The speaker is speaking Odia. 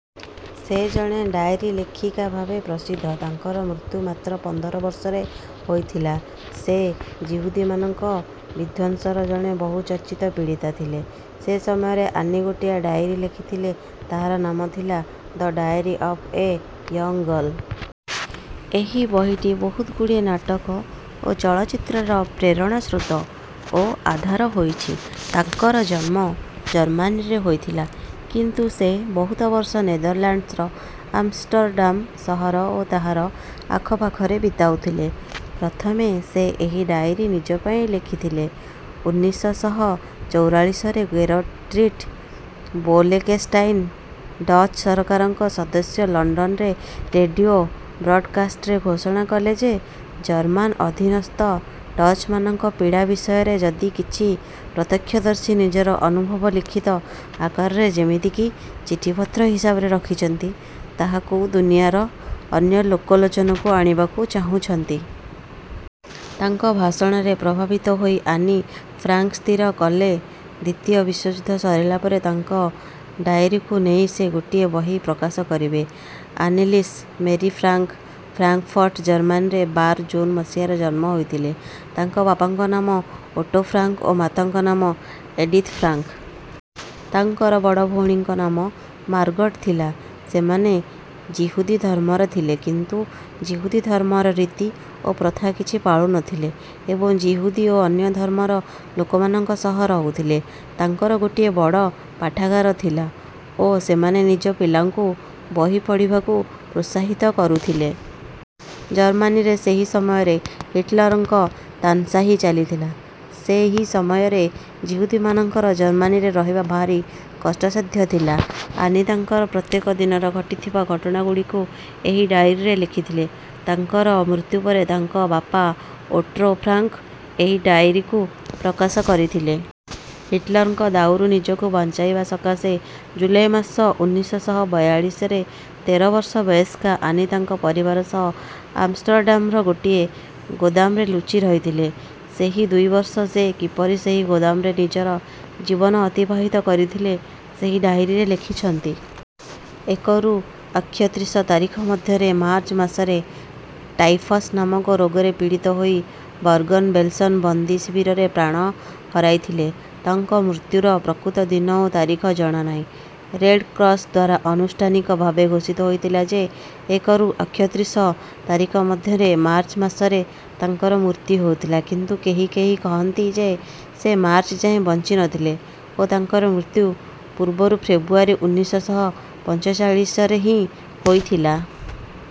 ସେ ଜଣେ ଡାଏରୀ ଲେଖିକା ଭାବେ ପ୍ରସିଦ୍ଧ। ତାଙ୍କର ମୃତ୍ୟୁ ମାତ୍ର ପନ୍ଦର ବର୍ଷରେ ହୋଇଥିଲା। ସେ ଯିହୁଦୀମାନଙ୍କ ବିଧ୍ୱଂସର ଜଣେ ବହୁ ଚର୍ଚ୍ଚିତ ପୀଡ଼ିତା ଥିଲେ। ସେ ସମୟରେ ଆନି ଗୋଟିଏ ଡାଏରୀ ଲେଖିଥିଲେ ତାହାର ନାମ ଥିଲା the diary of a young girl. ଏହି ବହିଟି ବହୁତଗୁଡ଼ିଏ ନାଟକ ଓ ଚଳଚ୍ଚିତ୍ରର ପ୍ରେରଣାସ୍ରୋତ ଓ ଆଧାର ହୋଇଛି। ତାଙ୍କର ଜନ୍ମ ଜର୍ମାନୀରେ ହୋଇଥିଲା କିନ୍ତୁ ସେ ବହୁତ ବର୍ଷ ନେଦରଲ୍ୟାଣ୍ଡସର ଆମଷ୍ଟରଡାମ ସହର ଓ ତାହାର ଆଖପାଖରେ ବିତାଉଥିଲେ। ପ୍ରଥମେ ସେ ଏହି ଡାଏରୀ ନିଜ ପାଇଁ ଲେଖିଥିଲେ। ଉନ୍ନିଶ ଶହ ଚୌରାଳିଶରେ ଗେରରିଟ ବୋଲକେଷ୍ଟାଇନ ଡଚ ସରକାରଙ୍କ ସଦସ୍ୟ ଲଣ୍ଡନର ରେଡିଓ ବ୍ରଡକାଷ୍ଟରେ ଘୋଷଣା କଲେ ଯେ ଜର୍ମାନ ଅଧୀନସ୍ଥ ଡଚମାନଙ୍କ ପୀଡ଼ା ବିଷୟରେ ଯଦି କିଛି ପ୍ରତ୍ୟକ୍ଷଦର୍ଶୀ ନିଜର ଅନୁଭବ ଲିଖିତ ଆକାରରେ ଯେମିତି କି ଚିଠିପତ୍ର ହିସାବରେ ରଖିଛନ୍ତି ତାହାକୁ ଦୁନିଆର ଅନ୍ୟ ଲୋକଲୋଚନକୁ ଆଣିବାକୁ ଚାହୁଁଛନ୍ତି। ତାଙ୍କ ଭାଷଣରେ ପ୍ରଭାବିତ ହୋଇ ଆନି ଫ୍ରାଙ୍କ ସ୍ଥିର କଲେ ଦ୍ୱିତୀୟ ବିଶ୍ୱଯୁଦ୍ଧ ସରିଲା ପରେ ତାଙ୍କ ଡାଏରୀକୁ ନେଇ ସେ ଗୋଟିଏ ବହି ପ୍ରକାଶ କରିବେ। ଆନିଲିସ ମେରୀ ଫ୍ରାଙ୍କ ଫ୍ରାଙ୍କଫର୍ଟ ଜର୍ମାନୀରେ ବାର ଜୁନ ମସିହାରେ ଜନ୍ମ ହୋଇଥିଲେ। ତାଙ୍କ ବାପାଙ୍କ ନାମ ଓଟୋ ଫ୍ରାଙ୍କ ଓ ମାତାଙ୍କ ନାମ ଏଡିଥ ଫ୍ରାଙ୍କ। ତାଙ୍କର ବଡ଼ ଭଉଣୀଙ୍କ ନାମ ମାର୍ଗଟ ଥିଲା। ସେମାନେ ଯିହୁଦୀ ଧର୍ମର ଥିଲେ କିନ୍ତୁ ଯିହୁଦୀ ଧର୍ମର ରୀତି ଓ ପ୍ରଥା କିଛି ପାଳୁ ନଥିଲେ ଏବଂ ଯିହୁଦୀ ଓ ଅନ୍ୟ ଧର୍ମର ଲୋକମାନଙ୍କ ସହ ରହୁଥିଲେ। ତାଙ୍କର ଗୋଟିଏ ବଡ଼ ପାଠାଗାର ଥିଲା ଓ ସେମାନେ ନିଜ ପିଲାଙ୍କୁ ବହି ପଢ଼ିବାକୁ ପ୍ରୋତ୍ସାହିତ କରୁଥିଲେ। ଜର୍ମାନୀରେ ସେହି ସମୟରେ ହିଟଲରଙ୍କ ତାନ୍ନାଶାହୀ ଚାଲିଥିଲା। ସେହି ସମୟରେ ଯିହୁଦୀମାନଙ୍କର ଜର୍ମାନୀରେ ରହିବା ଭାରି କଷ୍ଟସାଧ୍ୟ ଥିଲା। ଆନି ତାଙ୍କର ପ୍ରତ୍ୟେକ ଦିନର ଘଟିଥିବା ଘଟଣାଗୁଡ଼ିକୁ ଏହି ଡାଏରୀରେ ଲେଖିଥିଲେ। ତାଙ୍କର ମୃତ୍ୟୁ ପରେ ତାଙ୍କ ବାପା ଓଟୋ ଫ୍ରାଙ୍କ ଏହି ଡାଏରୀକୁ ପ୍ରକାଶ କରିଥିଲେ। ହିଟଲରଙ୍କ ଦାଉରୁ ନିଜକୁ ବଞ୍ଚାଇବା ସକାଶେ ଜୁଲାଇ ମାସ ଉନ୍ନିଶ ଶହ ବୟାଳିଶରେ ତେର ବର୍ଷ ବୟସ୍କା ଆନି ତାଙ୍କ ପରିବାର ସହ ଆମଷ୍ଟରଡାମର ଗୋଟିଏ ଗୋଦାମରେ ଲୁଚି ରହିଥିଲେ। ସେହି ଦୁଇ ବର୍ଷ ସେ କିପରି ସେହି ଗୋଦାମରେ ନିଜର ଜୀବନ ଅତିବାହିତ କରିଥିଲେ ସେହି ଡାଏରୀରେ ଲେଖିଛନ୍ତି। ଏକରୁ ଏକ୍ଷତ୍ରିଶ ତାରିଖ ମଧ୍ୟରେ ମାର୍ଚ୍ଚ ମାସରେ ଟାଇଫସ ନାମକ ରୋଗରେ ପୀଡ଼ିତ ହୋଇ ବର୍ଗନ ବେଲସନ ବନ୍ଦୀ ଶିବିରରେ ପ୍ରାଣ ହରାଇଲେ। ତାଙ୍କ ମୃତ୍ୟୁର ପ୍ରକୃତ ଦିନ ଓ ତାରିଖ ଜଣାନାହିଁ। ରେଡକ୍ରସ ଦ୍ୱାରା ଆନୁଷ୍ଠାନିକ ଭାବେ ଘୋଷିତ ହୋଇଥିଲା ଯେ ଏକରୁ ଏକ୍ଷତ୍ରିଶ ତାରିଖ ମଧ୍ୟରେ ମାର୍ଚ୍ଚ ମାସରେ ତାଙ୍କର ମୃତ୍ୟୁ ହୋଇଥିଲା କିନ୍ତୁ କେହି କେହି କହନ୍ତି ଯେ ସେ ମାର୍ଚ୍ଚ ଯାଏଁ ବଞ୍ଚି ନଥିଲେ ଓ ତାଙ୍କର ମୃତ୍ୟୁ ପୂର୍ବରୁ ଫେବୃଆରୀ ଉନ୍ନିଶ ଶହ ପଞ୍ଚଚାଳିଶରେ ହିଁ ହୋଇଥିଲା।